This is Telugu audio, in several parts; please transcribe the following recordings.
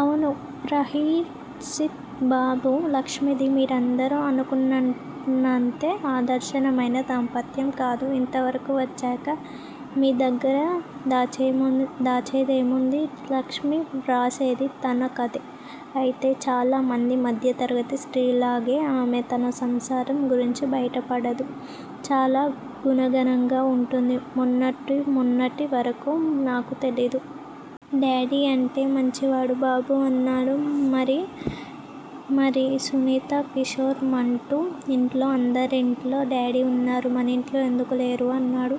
అవును ప్రహసిత్ బాబూ! లక్ష్మిది మీరందరూ అనుకునేటంత ఆదర్శమైన దాంపత్యం కాదు. ఇంతవరకూ వచ్చాక మీదగ్గిర దాచేదేముంది? లక్ష్మి వ్రాసేది తన కథే అయితే చాలామంది మధ్యతరగతి స్త్రీలలాగే ఆమె తన సంసారం గురించి బయటపడదు. చాలా గున గనంగా వుంటుంది. మొన్నమొన్నటి వరకూ నాకూ తెలీదు. డాడి అంటే మంచివాడు బాబూ అన్నాను. మరి మరి సునీతా, కిశోర్, మంటూ ఇంట్లో, అందరింట్లో డాడి వున్నారు. మనింట్లో ఎందుకు లేరు అన్నాడు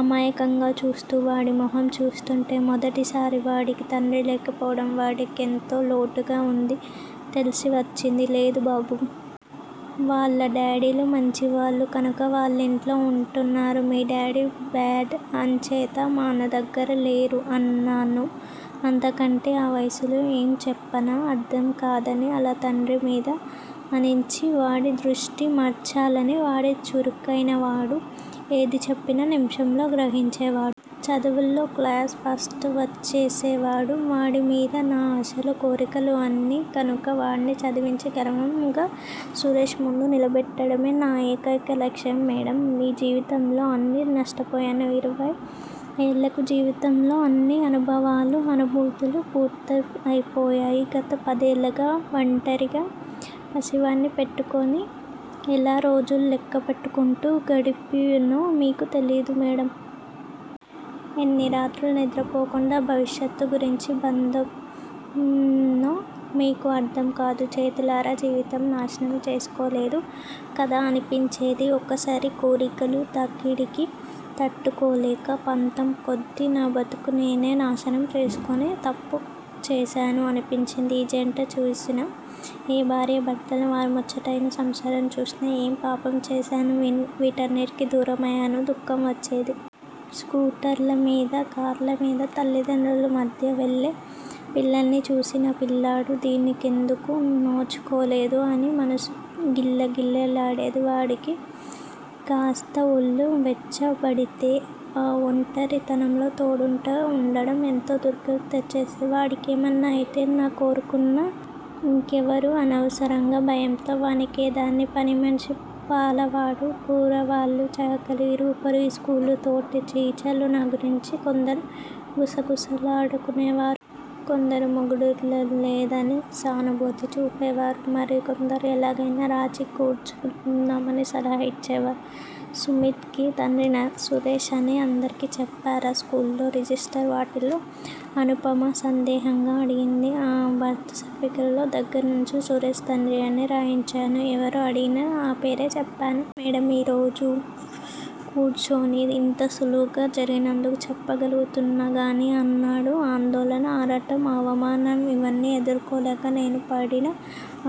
అమాయకంగా చూస్తూ. వాడి మొహం చూస్తుంటే మొదటిసారిగా వాడికి తండ్రి లేకపోవడం వాడి కెంతో లోటుగా వుందో తెల్సి వచ్చింది లేదు బాబూ! వాళ్ళ డాడీలు మంచివాళ్ళు కనక వాళ్ళింట్లో ఉంటున్నారు, మీ డాడీ బాడ్, అంచేత మనదగ్గర లేరు అన్నాను అంతకంటే ఆ వయసులో ఏం చప్పినా అర్ధం కాదని. అలా తండ్రి మీద ఆనించి వాడి దృష్టి మరల్చాను. వాడు చురుకైనవాడు. ఏది చెప్పినా నిమిషంలో గ్రహించేవాడు. చదువులో క్లాసు ఫస్టు వచ్చేసేవాడు. వాడిమీదే నా ఆశలు, కోరికలు అన్నీ, కనక వాడ్ని చదివించి గర్వంగా సురేష్ ముందు నిలబెట్టడమే నా ఏకైక లక్ష్యం. మేడమ్! నీ జీవితంలో అన్నీ నష్టపోయాను. ఇరవై ఏళ్ళకే జీవితంలో అన్ని అనుభవాలు అనుభూతులు పూర్తయిపోయాయి. గత పదేళ్ళగా వంటరిగా పసివాడ్ని పెట్టుకుని ఎలా రోజులు లెక్కపెట్టుకుంటూ గడిపానో మీకు తెలియదు మేడమ్. ఎన్ని రాత్రులు నిద్రపోకుండా భవిష్యత్తు గురించి బెంగపన్నో మీకు అర్ధం కాదు. చేతులారా జీవితం నాశనం చేసుకోలేదు కదా అనిపించేది. ఒకోసారి కోరికల తాకిడికి తట్టుకోలేక. పంతంకొద్దీ నా బతుకు నేను నాశనం చేసుకుని తప్పు చేశాను అనిపించేది ఏ జంటను చూసినా. ఏ భార్యా భర్తలని వారి ముచ్చటైనా సంసారాలని చూసి ఏం పాపం చేశానని వీటన్నిటికి దూరమయ్యానని దుఃఖం వచ్చేది. స్కూటర్ల మీద, కార్లమీద తల్లితండ్రుల మధ్య వెళ్ళే పిల్లల్ని చూసి నా పిల్లాడు దీని కెందుకు నోచుకోలేదు అని మనసు గిలగిల్లాడేది. వాడికి కాస్త ఒళ్ళు వెచ్చబడితే ఆ ఒంటరితనంలో తోడుట ఉండడం ఎంత దుర్భరమో తెలిసివచ్చేది. వాడికేమన్నా అయితే నా కేవరున్నారు ఇంక అని అనవసరంగా భయంతో వణికేదాన్ని, పనిమనిషి, పాలవాడు, కూరలవాళ్ళు, చాకలి, ఇరుగుపొరుగు, స్కూల్లో తోటి టీచర్లు నా గురించి కొందరు గుసగుసలాడుకునేవారు. కొందరు మొగుడోదిలినదానినని సానుభూతి చూపేవారు. మరికొందరు ఎలాగైనా రాజీ కుదుర్చుకోమని సలహా ఇచ్చేవారు. సుమిత్ కి తండ్రి సురేష్ అనే అందరికి చెప్పరా? స్కూలు రిజిస్టర్ వాటిల్లో అనుపమ సందేహంగా అడిగింది. ఆహా బర్త్ సర్టిఫికేట్ దగ్గరనించి సురేష్ తండ్రి అనే రాయించాను. ఎవరు అడిగినా ఆ పేరే చెప్పాను. మేడమ్! ఈరోజు కుర్చుని ఇంత సులువుగా జరిగినందుకు చెప్పగలుగుతున్నానుగానీ, ఆనాడు నా ఆందోళన, ఆరాటం అవమానం ఇవన్నీ ఎదుర్కోలేక నేను పడిన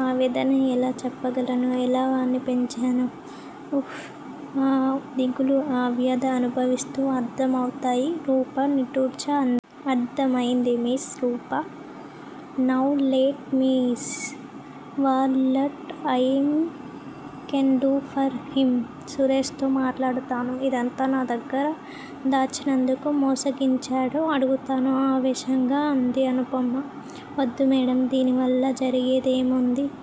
ఆవేదనని ఎలా చెప్పగలను. ఎలా వాడ్ని పెంచాను. ఓహ్! ఆ దిగులు, అవ్యద అనుభవిస్తేనే అర్ధం అవుతాయి. రూప నిట్టూర్చి అంది. అర్ధమైంది miss Rupa! Now let me see, what I can do for him, Suresh తో మాట్లాడుతాను, ఇదంతా నా దగ్గర దాచి నన్నెందుకు మోసగించాడో అడుగుతాను ఆవేశంగా అంది అనుపమ. వద్దు మేడమ్! దీనివల్ల జరిగేది ఏముంది. మీ